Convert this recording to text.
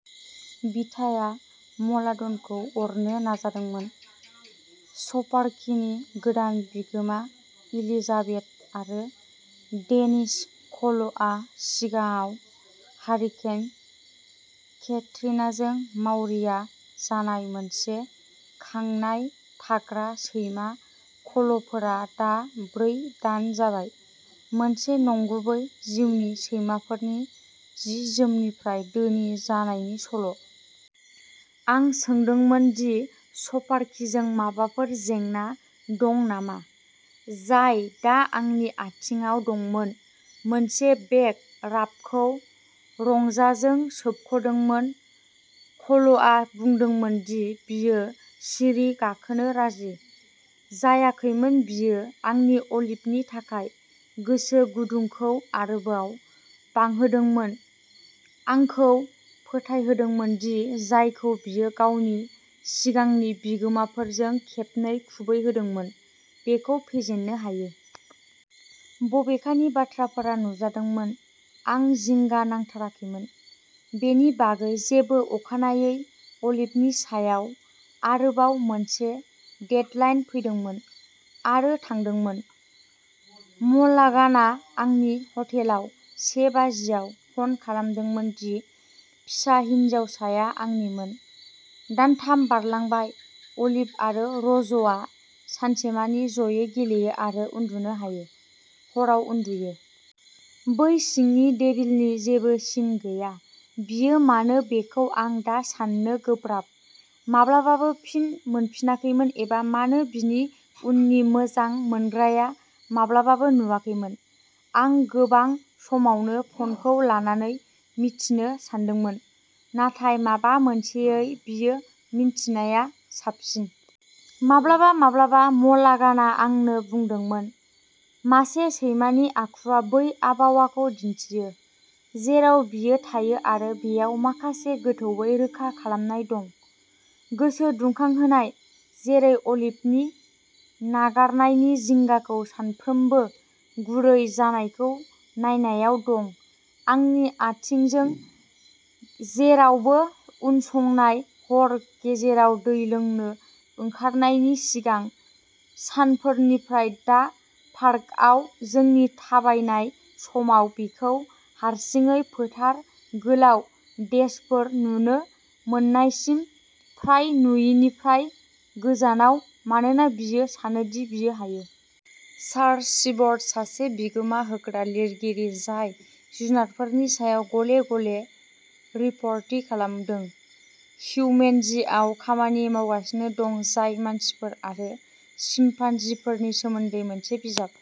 बिथाङा म'लाघनखौ अरनो नाजादोंमोन। स्पार्किनि गोदान बिगोमा, एलिजाबेथ आरो डेनिस क'लआ सिगाङाव हारिकेन केट्रिनाजों मावरिया जानाय मोनसे खांनाय थाग्रा सैमा क'लफोरा दा ब्रै दान जाबाय। मोनसे नंगुबै जिउनि सैमाफोरनि जि-जोमनिफ्राय धोनि जानायनि सल'। आं सोंदोंमोन दि स्पार्किजों माबाफोर जेंना दं नामा, जाय दा आंनि आथिंआव दंमोन, मोनसे बेक राबखौ रंजाजों सोबख'दोंमोन। क'लआ बुंदोंमोन दि बियो सिरि गाखोनो राजि जायाखैमोन। बेयो आंनि अलिभनि थाखाय गोसो गुदुंखौ आरोबाव बांहोदोंमोन, आंखौ फोथायहोदोंमोन दि जायखौ बियो गावनि सिगांनि बिगोमाफोरजों खेबनै खुबैहोदोंमोन, बेखौ फेजेननो हायो। बबेखानि, बाथ्राफोरा नुजादोंमोन, आं जिंगा नांथाराखैमोन बेनि बागै जेबो। अखानायै, अलिभनि सायाव आरोबाव मोनसे डेडलाइन फैदोंमोन आरो थांदोंमोन। म'लाघाना आंनि हटेलाव से बाजियाव फन खालामदोंमोन दि फिसा हिनजावसाया आंनिमोन। दानथाम बारलांबाय। अलिभ आरो र'जआ सानसेमानि जयै गेलेयो आरो उन्दुनो हायो, हराव उन्दुयो। बै सिंनि डेभिलनि जेबो सिन गैया। बियो मानो बेखौ आं दा सान्नो गोब्राब। माब्लाबाबो फिन मोनफिनाखैमोन एबा मानो बिनि उननि मोजां मोनग्राया माब्लाबाबो नुवाखैमोन। आं गोबां समावनो फ'नखौ लानानै मिथिनो सानदोंमोन, नाथाय माबा मोनसेयै बेखौ मिन्थिनाया साबसिन। माब्लाबा माब्लाबा म'लाघाना आंनो बुंदोंमोन मासे सैमानि आखुआ बै आबहावाखौ दिन्थियो जेराव बियो थायो आरो बेयाव माखासे गोथौवै रोखा खालामनाय दं, गोसो दुंखांहोनाय। जेरै अलिभनि नागारनायनि जिंगाखौ सानफ्रोमबो गुरै जानायखौ नायनायाव दं। आंनि आथिंजों जेरावबो उनसंनाय, हर गेजेराव दै लोंनो ओंखारनायनि सिगां सानफोरनिफ्राय दा पार्कआव जोंनि थाबायनाय समाव बिखौ हारसिङै फोथार गोलाव डेशफोर नुनो मोन्नायसिम फ्राय नुयिनिफ्राय गोजानाव, मानोना बियो सानो दि बियो हायो। चार्ल्स सिबर्ट, सासे बिहोमा होग्रा लिरगिरि जाय जुनारफोरनि सायाव गले-गले रिपर्टिं खालामदों, "हिउमेनजी" आव खामानि मावगासिनो दं, जाय मानसिफोर आरो चिम्पान्जीफोरनि सोमोन्दै मोनसे बिजाब।